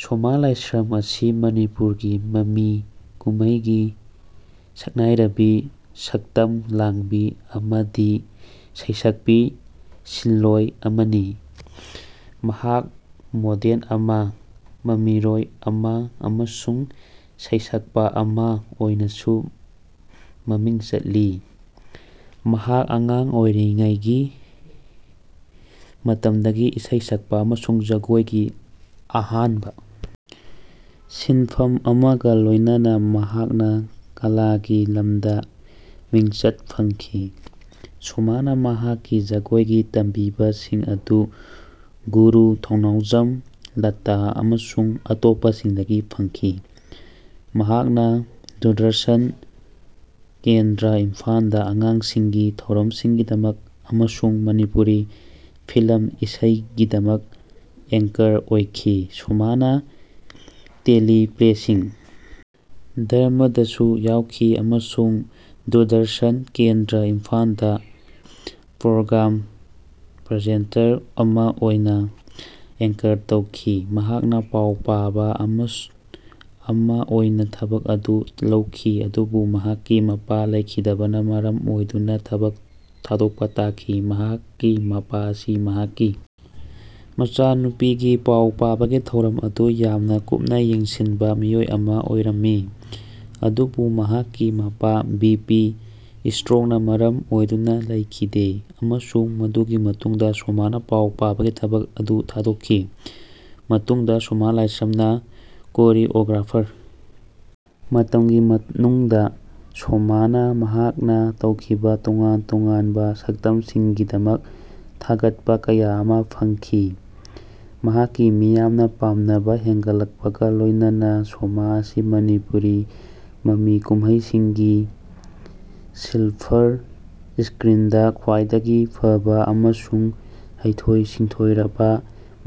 ꯁꯣꯃꯥ ꯂꯥꯢꯁ꯭ꯔꯝ ꯑꯁꯤ ꯃꯅꯤꯄꯨꯔꯒꯤ ꯃꯃꯤ ꯀꯨꯝꯃꯩꯒꯤ ꯁꯛꯅꯥꯢꯔꯕꯤ ꯁꯛꯇꯝ ꯂꯥꯡꯕꯤ ꯑꯃꯗꯤ ꯁꯩꯁꯛꯄꯤ ꯁꯤꯟꯂꯣꯢ ꯑꯃꯅꯤ꯫ ꯃꯍꯥꯛ ꯃꯣꯗꯦꯟ ꯑꯃ, ꯃꯃꯤꯔꯣꯏ ꯑꯃ ꯑꯃꯁꯨꯡ ꯁꯩꯁꯛꯄ ꯑꯃ ꯑꯣꯏꯅꯁꯨ ꯃꯃꯤꯡ ꯆꯠꯂꯤ꯫ ꯃꯍꯥꯛ ꯑꯉꯥꯡ ꯑꯣꯏꯔꯤꯉꯩꯒꯤ ꯃꯇꯝꯗꯒꯤ ꯏꯁꯩ ꯁꯛꯄ ꯑꯃꯁꯨꯡ ꯖꯒꯣꯏꯒꯤ ꯑꯍꯥꯟꯕ ꯁꯤꯟꯐꯝ ꯑꯃꯒ ꯂꯣꯏꯅꯅ ꯃꯍꯥꯛꯅ ꯀꯂꯥꯒꯤ ꯂꯝꯗ ꯃꯤꯡꯆꯠ ꯐꯪꯈꯤ꯫ ꯁꯣꯃꯥꯅ ꯃꯍꯥꯛꯀꯤ ꯖꯒꯣꯏꯒꯤ ꯇꯝꯕꯤꯕꯁꯤꯡ ꯑꯗꯨ ꯒꯨꯔꯨ ꯊꯧꯅꯥꯎꯖꯝ ꯂꯇꯥ ꯑꯃꯁꯨꯡ ꯑꯇꯣꯞꯄꯁꯤꯡꯗꯒꯤ ꯐꯪꯈꯤ꯫ ꯃꯍꯥꯛꯅ ꯗꯨꯔꯗꯔꯁꯟ ꯀꯦꯟꯗ꯭ꯔꯥ ꯏꯝꯐꯥꯟꯗ ꯑꯉꯥꯡꯁꯤꯡꯒꯤ ꯊꯧꯔꯝꯁꯤꯡꯒꯤꯗꯃꯛ ꯑꯃꯁꯨꯡ ꯃꯅꯤꯄꯨꯔꯤ ꯐꯤꯂꯝ ꯏꯁꯩꯒꯤꯗꯃꯛ ꯑꯦꯡꯀꯔ ꯑꯣꯏꯈꯤ꯫ ꯁꯣꯃꯥꯅ ꯇꯦꯂꯤꯄ꯭ꯂꯦꯁꯤꯡ, ꯗ꯭ꯔꯃꯥꯗꯁꯨ ꯌꯥꯎꯈꯤ ꯑꯃꯁꯨꯡ ꯗꯨꯔꯗꯔꯁꯟ ꯀꯦꯟꯗ꯭ꯔꯥ ꯏꯝꯐꯥꯟꯗ ꯄ꯭ꯔꯣꯒ꯭ꯔꯥꯝ ꯄ꯭ꯔꯖꯦꯟꯇꯔ ꯑꯃ ꯑꯣꯏꯅ ꯑꯦꯡꯀꯔ ꯇꯧꯈꯤ꯫ ꯃꯍꯥꯛꯅ ꯄꯥꯎ ꯄꯥꯕ ꯑꯃꯁꯨ ꯑꯃ ꯑꯣꯏꯅ ꯊꯕꯛ ꯑꯗꯨ ꯂꯧꯈꯤ ꯑꯗꯨꯕꯨ ꯃꯍꯥꯛꯀꯤ ꯃꯄꯥ ꯂꯩꯈꯤꯗꯕꯅ ꯃꯔꯝ ꯑꯣꯏꯗꯨꯅ ꯊꯕꯛ ꯊꯥꯗꯣꯛꯄ ꯇꯥꯈꯤ꯫ ꯃꯍꯥꯛꯀꯤ ꯃꯄꯥ ꯑꯁꯤ ꯃꯍꯥꯛꯀꯤ ꯃꯆꯥꯅꯨꯄꯤꯒꯤ ꯄꯥꯎ ꯄꯥꯕꯒꯤ ꯊꯧꯔꯝ ꯑꯗꯨ ꯌꯥꯝꯅ ꯀꯨꯞꯅ ꯌꯦꯡꯁꯤꯟꯕ ꯃꯤꯑꯣꯏ ꯑꯃ ꯑꯣꯏꯔꯝꯃꯤ꯫ ꯑꯗꯨꯕꯨ ꯃꯍꯥꯛꯀꯤ ꯃꯄꯥ ꯕꯤ ꯄꯤ ꯁ꯭ꯇ꯭ꯔꯣꯛꯅ ꯃꯔꯝ ꯑꯣꯏꯗꯨꯅ ꯂꯩꯈꯤꯗꯦ ꯑꯃꯁꯨꯡ ꯃꯗꯨꯒꯤ ꯃꯇꯨꯡꯗ ꯁꯣꯃꯥꯅ ꯄꯥꯎ ꯄꯥꯕꯒꯤ ꯊꯕꯛ ꯑꯗꯨ ꯊꯥꯗꯣꯛꯈꯤ꯫ ꯃꯇꯨꯡꯗ ꯁꯣꯃꯥ ꯂꯥꯏꯁ꯭ꯔꯝꯅ ꯀꯣꯔꯤꯑꯣꯒ꯭ꯔꯥꯐꯔ ꯃꯇꯝꯒꯤ ꯃꯅꯨꯡꯗ ꯁꯣꯃꯥꯅ ꯃꯍꯥꯛꯅ ꯇꯧꯈꯤꯕ ꯇꯣꯉꯥꯟ ꯇꯣꯉꯥꯟꯕ ꯁꯛꯇꯝꯁꯤꯡꯒꯤꯗꯃꯛ ꯊꯥꯒꯠꯄ ꯀꯌꯥ ꯑꯃ ꯐꯪꯈꯤ꯫ ꯃꯍꯥꯛꯀꯤ ꯃꯤꯌꯥꯝꯅ ꯄꯥꯝꯅꯕ ꯍꯦꯟꯒꯠꯂꯛꯄꯒ ꯂꯣꯏꯅꯅ ꯁꯣꯃꯥ ꯑꯁꯤ ꯃꯅꯤꯄꯨꯔꯤ ꯃꯃꯤ ꯀꯨꯝꯍꯩꯁꯤꯡꯒꯤ ꯁꯤꯜꯐꯔ ꯏꯁꯀ꯭ꯔꯤꯟꯗ ꯈ꯭ꯋꯥꯏꯗꯒꯤ ꯐꯕ ꯑꯃꯁꯨꯡ ꯍꯩꯊꯣꯏ ꯁꯤꯡꯊꯣꯏꯔꯕ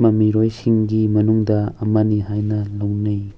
ꯃꯃꯤꯔꯣꯏꯁꯤꯡꯒꯤ ꯃꯅꯨꯡꯗ ꯑꯃꯅꯤ ꯍꯥꯏꯅ ꯂꯧꯅꯩ꯫